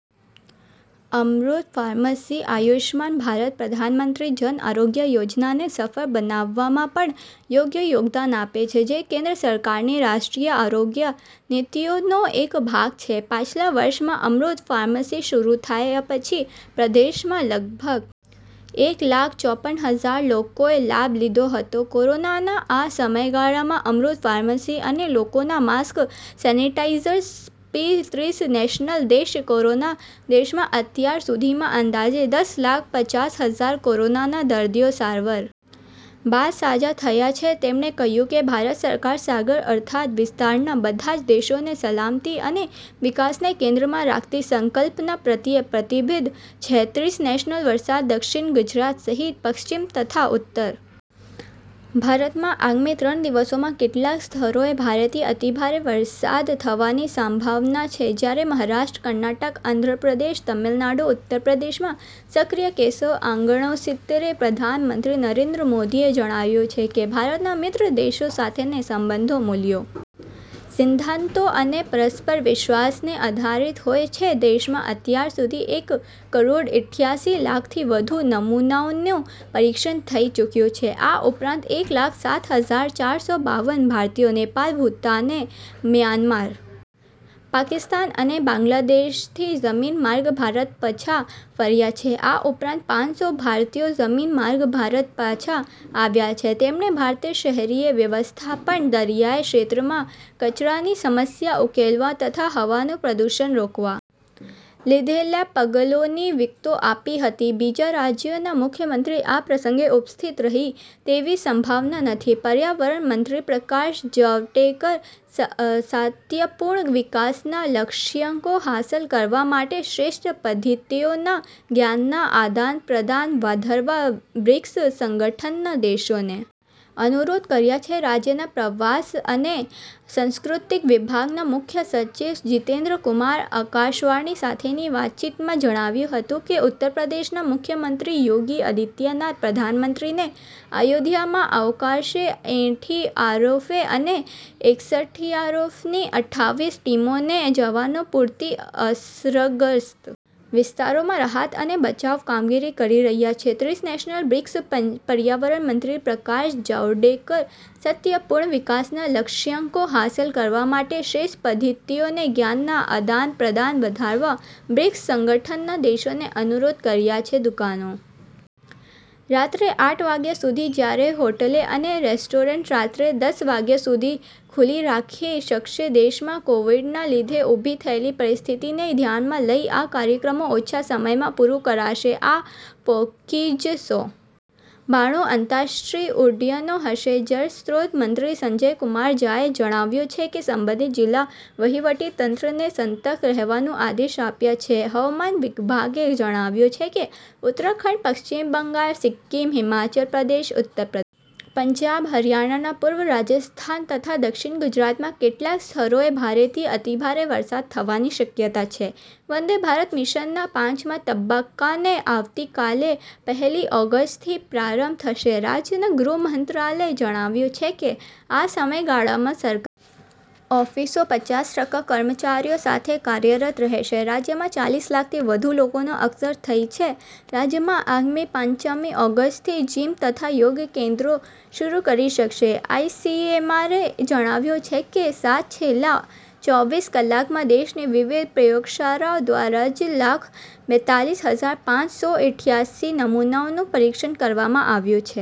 અમૃત pharmacy Ayushman Bharat Pradhan Mantri Jan આરોગ્ય યોજનાને સફળ બનાવવામાં પણ યોગ્ય યોગદાન આપે છે જે કેન્દ્ર સરકારની રાષ્ટ્રીય આરોગ્ય નીતિઓનો એક ભાગ છે પાછલા વર્ષોમાં અમૃત ફાર્મસી શરૂ થયા પછી પ્રદેશમાં લગભગ એક લાખ ચોપન હજાર લોકોએ લાભ લીધો હતો કોરોનાના આ સમયગાળામાં અમૃત ફાર્મસી અને લોકોને માસ્ક સેનેટાઈઝર્સ પી ત્રીસ નેશનલ દેશ કોરોના દેશમાં અત્યાર સુધીમાં અંદાજે દસ લાખ પચાસ હજાર કોરોનાના દર્દીઓ સારવાર બાદ સાજા થયા છે તેમણે કહ્યું કે ભારત સરકાર સાગર અર્થાત વિસ્તારના બધા જ દેશોની સલામતી અને વિકાસને કેન્દ્રમાં રાખતી સંકલ્પના પ્રત્યે પ્રતિબદ્ધ છે ત્રીસ નેશનલ વરસાદ દક્ષિણ ગુજરાત સહિત પશ્ચિમ તથા ઉત્તર ભારતમાં આગામી ત્રણ દિવસોમાં કેટલાક સ્થળોએ ભારેથી અતિભારે વરસાદ થવાની સંભાવના છે જ્યારે મહારાષ્ટ્ર કર્ણાટક આંધ્રપ્રદેશ તમિલનાડુ ઉત્તરપ્રદેશમાં સક્રિય કેસો અગણોસિત્તેર પ્રધાનમંત્રી નરેન્દ્ર મોદીએ જણાવ્યું છે કે ભારતના મિત્ર દેશો સાથેના સંબંધો મૂલ્યો સિદ્ધાંતો અને પરસ્પર વિશ્વાસને આધારીત હોય છે દેશમાં અત્યાર સુધી એક કરોડ ઈઠ્યાસી લાખથી વધુ નમૂનાઓનું પરીક્ષણ થઈ ચૂક્યું છે આ ઉપરાંત એક લાખ સાત હજાર ચાર સો બાવન ભારતીયો નેપાળ ભૂતાન મ્યાનમાર પાકિસ્તાન અને બાંગ્લાદેશથી જમીન માર્ગે ભારત પાછા ફર્યા છે આ ઉપરાંત પાંચ સો ભારતીયો જમીન માર્ગે ભારત પાછા આવ્યા છે તેમણે ભારતે શહેરી વ્યવસ્થાપન દરિયાઈ ક્ષેત્રમાં કચરાની સમસ્યા ઉકેલવા તથા હવાનું પ્રદૂષણ રોકવા લીધેલા પગલાંઓની વિગતો આપી હતી બીજા રાજ્યોના મુખ્યમંત્રી આ પ્રસંગે ઉપસ્થિત રહે તેવી સંભાવના નથી પર્યાવરણ મંત્રી પ્રકાશ જાવડેકરે સાતત્યપૂર્ણ વિકાસના લક્ષ્યાંકો હાંસલ કરવા માટે શ્રેષ્ઠ પદ્ધતિઓના જ્ઞાનના આદાનપ્રદાન વધારવા બ્રિક્સ સંગઠનના દેશોને અનુરોધ કર્યો છે રાજ્યના પ્રવાસન અને સાંસ્કૃતિક વિભાગના મુખ્ય સચિવ જીતેન્દ્ર કુમારે આકાશવાણી સાથેની વાતચીતમાં જણાવ્યું હતું કે ઉત્તરપ્રદેશના મુખ્યમંત્રી યોગી આદિત્યનાથ પ્રધાનમંત્રીને અયોધ્યામાં આવકારશે એનડીઆરએફ અને એસડીઆરએફની અઠ્ઠાવીસ ટીમોના જવાનો પુરથી અસરગ્રસ્ત વિસ્તારોમાં રાહત અને બચાવ કામગીરી કરી રહ્યા છે ત્રીસ નેશનલ બ્રિક્સ પર્યાવરણ મંત્રી પ્રકાશ જાવડેકરે સાતત્યપૂર્ણ વિકાસના લક્ષ્યાંકો હાંસલ કરવા માટે શ્રેષ્ઠ પદ્ધતિઓના જ્ઞાનના આદાનપ્રદાન વધારવા બ્રિક્સ સંગઠનના દેશોને અનુરોધ કર્યો છે દુકાનો રાત્રે આઠ વાગ્યા સુધી જ્યારે હોટેલ અને રેસ્ટોરન્ટ રાત્રે દસ વાગ્યા સુધી ખુલ્લી રાખી શકાશે દેશમાં કોવીડના લીધે ઉભી થયેલી પરિસ્થિતિને ધ્યાનમાં લઈ આ કાર્યક્રમ ઓછા સમયમાં પૂરો કરાશે આ પૈકી છ સો બાણું આંતરરાષ્ટ્રીય ઉડ્ડયનો હશે જળસ્રોત મંત્રી સંજય કુમાર ઝાએ જણાવ્યું છે કે સંબંધીત જિલ્લા વહિવટી તંત્રને સતર્ક રહેવાના આદેશ અપાયા છે હવામાન વિભાગે જણાવ્યું છે કે ઉત્તરાખંડ પશ્ચિમ બંગાળ સિક્કીમ હિમાચલ પ્રદેશ ઉત્તરપ્રદેશ પંજાબ હરીયાણા પૂર્વ રાજસ્થાન તથા દક્ષિણ ગુજરાતમાં કેટલાક સ્થળોએ ભારેથી અતિભારે વરસાદ થવાની શક્યતા છે વંદે ભારત મિશનના પાંચમા તબક્કાનો આવતીકાલ પહેલી ઓગસ્ટથી પ્રારંભ થશે રાજ્યના ગૃહમંત્રાલયે જણાવ્યું છે કે આ સમયગાળામાં સરકારી ઓફિસો પચાસ ટકા કર્મચારીઓ સાથે કાર્યરત રહેશે રાજ્યમાં ચાલીસ લાખથી વધુ લોકોને અસર થઈ છે રાઝ્માં આગામી પાંચમી ઓગસ્ટથી જીમ તથા યોગ કેન્દ્રો શરૂ કરી શકાશે આઈસીએમઆરે જણાવ્યું છે કે સાત છેલ્લા ચોવીસ કલાકમાં દેશની વિવિધ પ્રયોગશાળાઓ દ્વારા છ લાખ બેતાલીસ હજાર પાંચ સો ઈઠ્યાસી નમૂનાઓનું પરિક્ષણ કરવામાં આવ્યું છે।